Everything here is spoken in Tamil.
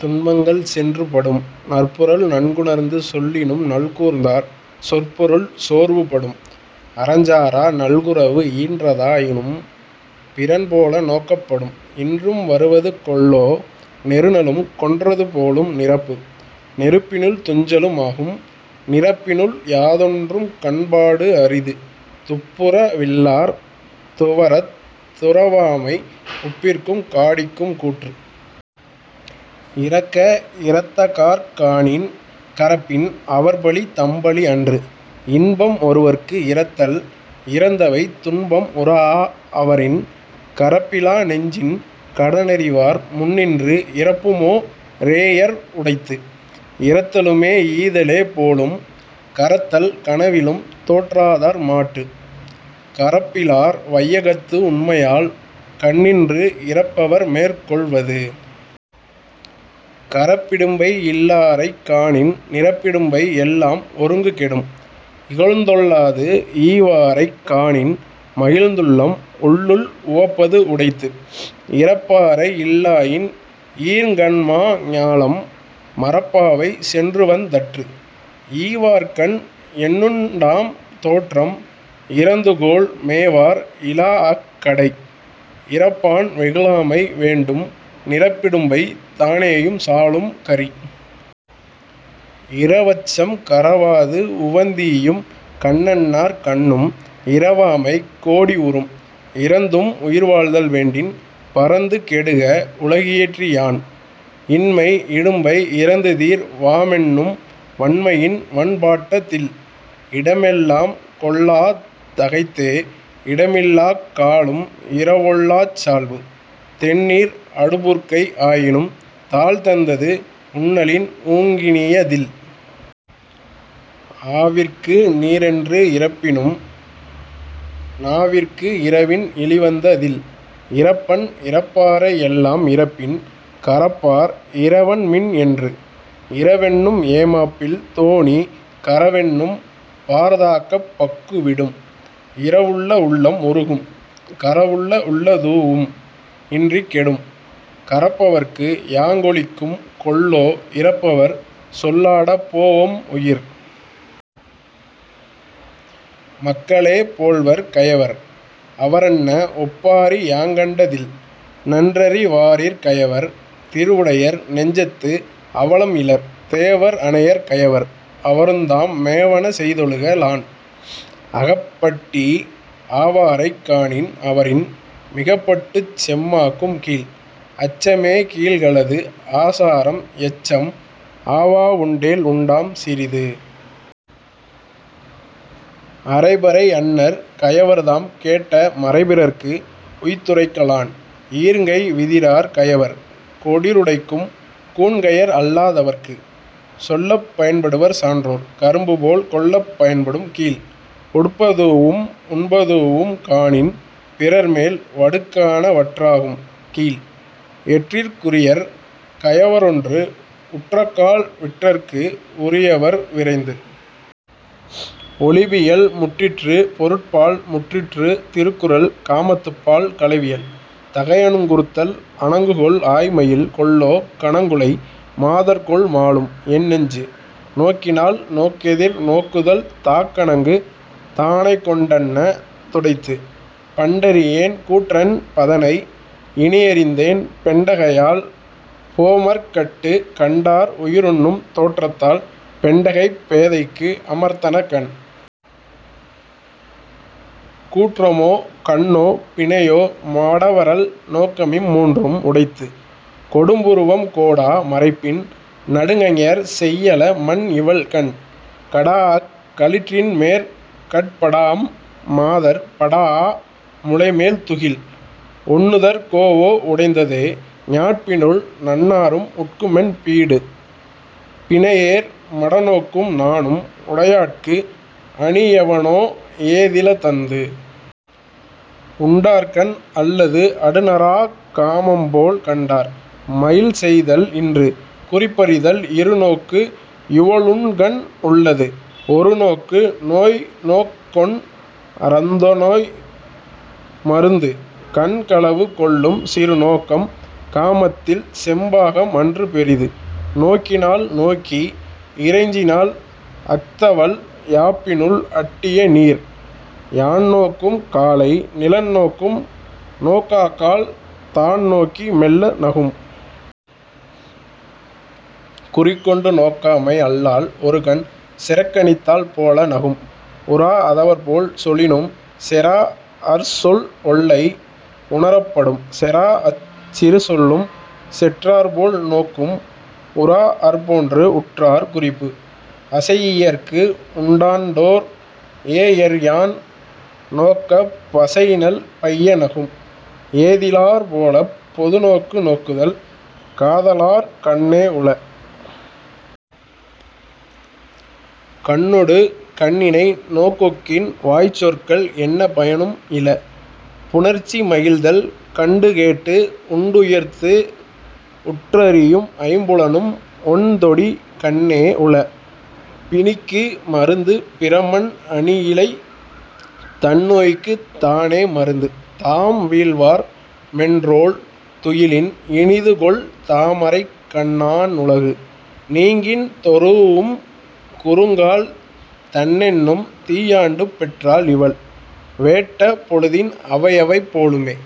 துன்பங்கள் சென்று படும். நற்பொருள் நன்குணர்ந்து சொல்லினும் நல்கூர்ந்தார் சொற்பொருள் சோர்வு படும். அறஞ்சாரா நல்குரவு ஈன்றதா யானும் பிறன்போல நோக்கப் படும். இன்றும் வருவது கொல்லோ நெருநலும் கொன்றது போலும் நிரப்பு. நெருப்பினுள் துஞ்சலும் ஆகும் நிரப்பினுள் யாதொன்றும் கண்பாடு அரிது. துப்புர வில்லார் துவரத் துறவாமை உப்பிற்கும் காடிக்கும் கூற்று. இரக்க இரத்தக்கார்க் காணின் கரப்பின் அவர்பழி தம்பழி அன்று. இன்பம் ஒருவற்கு இரத்தல் இரந்தவை துன்பம் உறாஅ வரின். கரப்பிலா நெஞ்சின் கடனறிவார் முன்நின்று இரப்புமோ ரேஎர் உடைத்து. இரத்தலும் ஈதலே போலும் கரத்தல் கனவிலும் தேற்றாதார் மாட்டு. கரப்பிலார் வையகத்து உண்மையால் கண்ணின்று இரப்பவர் மேற்கொள் வது. கரப்பிடும்பை யில்லாரைக் காணின் நிரப்பிடும்பை எல்லாம் ஒருங்கு கெடும். இகழ்ந்தெள்ளாது ஈவாரைக் காணின் மகிழ்ந்துள்ளம் உள்ளுள் உவப்பது உடைத்து. இரப்பாரை இல்லாயின் ஈர்ங்கண்மா ஞாலம் மரப்பாவை சென்றுவந் தற்று. ஈவார்கண் என்னுண்டாம் தோற்றம் இரந்துகோள் மேவார் இலாஅக் கடை. இரப்பான் வெகுளாமை வேண்டும் நிரப்பிடும்பை தானேயும் சாலும் கரி. இரவச்சம் கரவாது உவந்தீயும் கண்ணன்னார் கண்ணும் இரவாமை கோடி உறும். இரந்தும் உயிர்வாழ்தல் வேண்டின் பரந்து கெடுக உலகியற்றி யான். இன்மை இடும்பை இரந்துதீர் வாமென்னும் வன்மையின் வன்பாட்ட தில். இடமெல்லாம் கொள்ளாத் தகைத்தே இடமில்லாக் காலும் இரவொல்லாச் சால்பு. தெண்ணீர் அடுபுற்கை ஆயினும் தாள்தந்தது உண்ணலின் ஊங்கினிய தில். ஆவிற்கு நீரென்று இரப்பினும் நாவிற்கு இரவின் இளிவந்த தில். இரப்பன் இரப்பாரை எல்லாம் இரப்பின் கரப்பார் இரவன்மின் என்று. இரவென்னும் ஏமாப்பில் தோணி கரவென்னும் பார்தாக்கப் பக்கு விடும். இரவுள்ள உள்ளம் உருகும் கரவுள்ள உள்ளதூஉம் இன்றிக் கெடும். கரப்பவர்க்கு யாங்கொளிக்கும் கொல்லோ இரப்பவர் சொல்லாடப் போஒம் உயிர். மக்களே போல்வர் கயவர் அவரன்ன ஒப்பாரி யாங்கண்ட தில். நன்றறி வாரிற் கயவர் திருவுடையர் நெஞ்சத்து அவலம் இலர். தேவர் அனையர் கயவர் அவருந்தாம் மேவன செய்தொழுக லான். அகப்பட்டி ஆவாரைக் காணின் அவரின் மிகப்பட்டுச் செம்மாக்கும் கீழ். அச்சமே கீழ்களது ஆசாரம் எச்சம் அவாவுண்டேல் உண்டாம் சிறிது. அறைபறை அன்னர் கயவர்தாம் கேட்ட மறைபிறர்க்கு உய்த்துரைக்க லான். ஈர்ங்கை விதிரார் கயவர் கொடிறுடைக்கும் கூன்கையர் அல்லா தவர்க்கு. சொல்லப் பயன்படுவர் சான்றோர் கரும்புபோல் கொல்லப் பயன்படும் கீழ். உடுப்பதூஉம் உண்பதூஉம் காணின் பிறர்மேல் வடுக்காண வற்றாகும் கீழ். எற்றிற் குரியர் கயவரொன்று உற்றக்கால் விற்றற்கு உரியர் விரைந்து. ஒழிபியல் முற்றிற்று பொருட்பால் முற்றிற்று திருக்குறள். காமத்துப்பால் களவியல். தகையணங்குறுத்தல் அணங்குகொல் ஆய்மயில் கொல்லோ கனங்குழை மாதர்கொல் மாலும் என் நெஞ்சு. நோக்கினாள் நோக்கெதிர் நோக்குதல் தாக்கணங்கு தானைக்கொண் டன்ன துடைத்து. பண்டறியேன் கூற்றென் பதனை இனியறிந்தேன் பெண்டகையால் பேரமர்க் கட்டு. கண்டார் உயிருண்ணும் தோற்றத்தால் பெண்டகைப் பேதைக்கு அமர்த்தன கண். கூற்றமோ கண்ணோ பிணையோ மடவரல் நோக்கமிம் மூன்றும் உடைத்து. கொடும்புருவம் கோடா மறைப்பின் நடுங்கஞர் செய்யல மன்இவள் கண். கடாஅக் களிற்றின்மேற் கட்படாம் மாதர் படாஅ முலைமேல் துகில். ஒண்ணுதற் கோஒ உடைந்ததே ஞாட்பினுள் நண்ணாரும் உட்குமென் பீடு. பிணையேர் மடநோக்கும் நாணும் உடையாட்கு அணியெவனோ ஏதில தந்து. உண்டார்கண் அல்லது அடுநறாக் காமம்போல் கண்டார் மகிழ்செய்தல் இன்று.. குறிப்பறிதல் இருநோக்கு இவளுண்கண் உள்ளது ஒருநோக்கு நோய்நோக்கொன் றந்நோய் மருந்து. கண்களவு கொள்ளும் சிறுநோக்கம் காமத்தில் செம்பாகம் அன்று பெரிது. நோக்கினாள் நோக்கி இறைஞ்சினாள் அஃதவள் யாப்பினுள் அட்டிய நீர். யான்நோக்கும் காலை நிலன்நோக்கும் நோக்காக்கால் தான்நோக்கி மெல்ல நகும். குறிக்கொண்டு நோக்காமை அல்லால் ஒருகண் சிறக்கணித்தாள் போல நகும் உறாஅ தவர்போல் சொலினும் செறாஅர்சொல் ஒல்லை உணரப் படும். செறாஅச் சிறுசொல்லும் செற்றார்போல் நோக்கும் உறாஅர்போன்று உற்றார் குறிப்பு. அசையியற்கு உண்டாண்டோ ர் ஏஎர்யான் நோக்கப் பசையினள் பைய நகும். ஏதிலார் போலப் பொதுநோக்கு நோக்குதல் காதலார் கண்ணே உள. கண்ணொடு கண்இணை நோக்கொக்கின் வாய்ச்சொற்கள் என்ன பயனும் இல.. புணர்ச்சிமகிழ்தல் கண்டுகேட்டு உண்டுயிர்த்து உற்றறியும் ஐம்புலனும் ஒண்தொடி கண்ணே உள. பிணிக்கு மருந்து பிறமன் அணியிழை தன்நோய்க்குத் தானே மருந்து. தாம்வீழ்வார் மென்றோள் துயிலின் இனிதுகொல் தாமரைக் கண்ணான் உலகு. நீங்கின் தெறூஉம் குறுகுங்கால் தண்ணென்னும் தீயாண்டுப் பெற்றாள் இவள்? வேட் ட பொழுதின் அவையவை போலுமே।